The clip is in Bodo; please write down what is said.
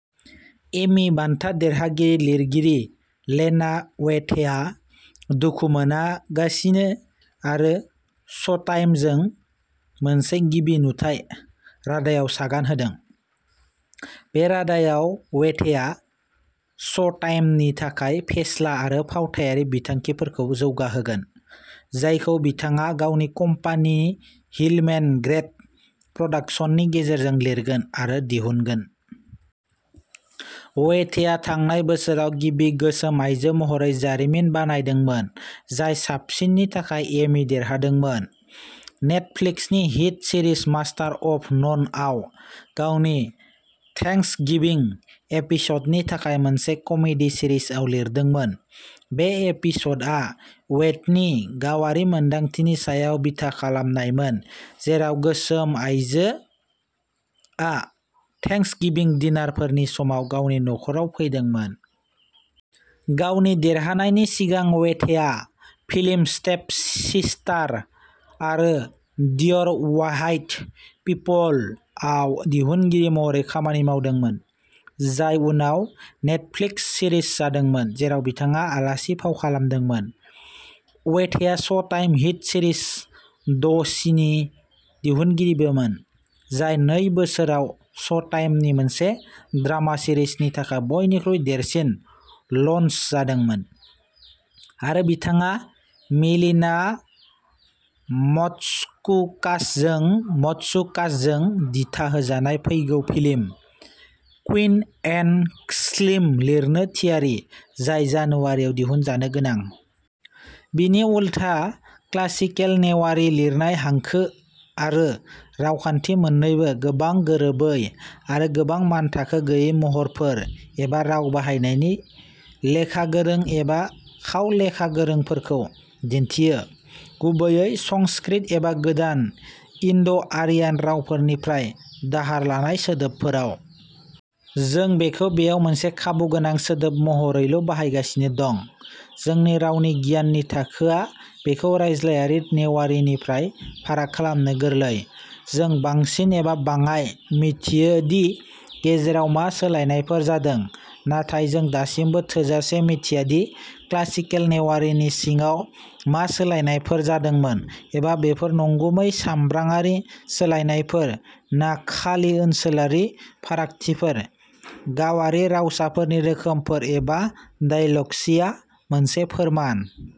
एमी बान्था देरहागिरि लिरगिरि लेना वेथेआ दुखु मोनगासिनो आरो श'टाइमजों मोनसे गिबि-नुथाइ रादायाव सागान होदों! बे रादायाव, वेथेआ श'टाइमनि थाखाय फेस्ला आरो फावथायारि बिथांखिफोरखौ जौगाहोगोन, जायखौ बिथाङा गावनि कम्पानि हिलमेन ग्रेड प्रडाक्शन्सनि गेजेरजों लिरगोन आरो दिहुनगोन। वेथेआ थांनाय बोसोराव गिबि गोसोम आयजो महरै जारिमिन बानायदोंमोन, जाय साबसिननि थाखाय एमी देरहादोंमोन। नेटफ्लिक्सनि हिट सिरिज मास्टार अफ ननआव गावनि "थेंक्सगिविं" एपिसडनि थाखाय मोनसे कमेडी सिरिजआव लिरदोंमोन। बे एपिसडआ वेथनि गावारि मोनदांथिनि सायाव बिथा खालामनायमोन, जेराव सासे गोसोम आयजोआ थेंक्सगिविं डिनारफोरनि समाव गावनि नख'राव फैदोंमोन। गावनि देरहानायनि सिगां वेथेआ फिल्म स्टेप सिस्टार आरो डियर व्हाइट पिपलआव दिहुनगिरि महरै खामानि मावदोंमोन, जाय उनाव नेटफ्लिक्स सिरिज जादोंमोन जेराव बिथाङा आलासि फाव खालामदोंमोन। वेथेआ श'टाइम हिट सीरीज द चीनि दिहुनगिरिबोमोन, जाय नै बोसोराव श'टाइमनि मोनसे ड्रामा सिरिजनि थाखाय बयनिख्रुइ देरसिन लन्च जादोंमोन, आरो बिथाङा मेलिना मात्सुकासजों दिथाहोजानाय फैगौ फिल्म, क्वीन एंड स्लिम लिरनो थियारि, जाय जानुवारिआव दिहुनजानो गोनां। बिनि उलथा, क्लासिकेल नेवारी लिरनाय-हांखो आरो रावखान्थि-मोननैबो गोबां गोरोबै आरो गोबां मानथाखो गैयै महरफोर एबा राव बाहायनायनि लेखा गोरों एबा खाव-लेखा गोरों महरफोरखौ दिन्थियो, गुबैयै संस्कृत एबा गोदान इन्ड'- आरियान रावफोरनिफ्राय दाहार लानाय सोदोबफोराव। जों बेखौ बेयाव मोनसे खाबुगोनां सोदोब महरैल'बाहायगासिनो दं। जोंनि रावनि गियाननि थाखोआ बेखौ रायज्लायारि नेवारीनिफ्राय फाराग खालामनो गोरलै। जों, बांसिन एबा बाङाय, मिथियो दि गेजेराव मा सोलायनायफोर जादों, नाथाय जों दासिमबो थोजासे मिथिया दि क्लासिकेल नेवारीनि सिङाव मा सोलायनायफोर जादोंमोन एबा बेफोर नंगुबै समब्राङारि सोलायनायफोर ना खालि ओनसोलारि फारागथिफोर-गावारि रावसाफोरनि रोखोमफोर, एबा डायग्लसिया नि फोरमान।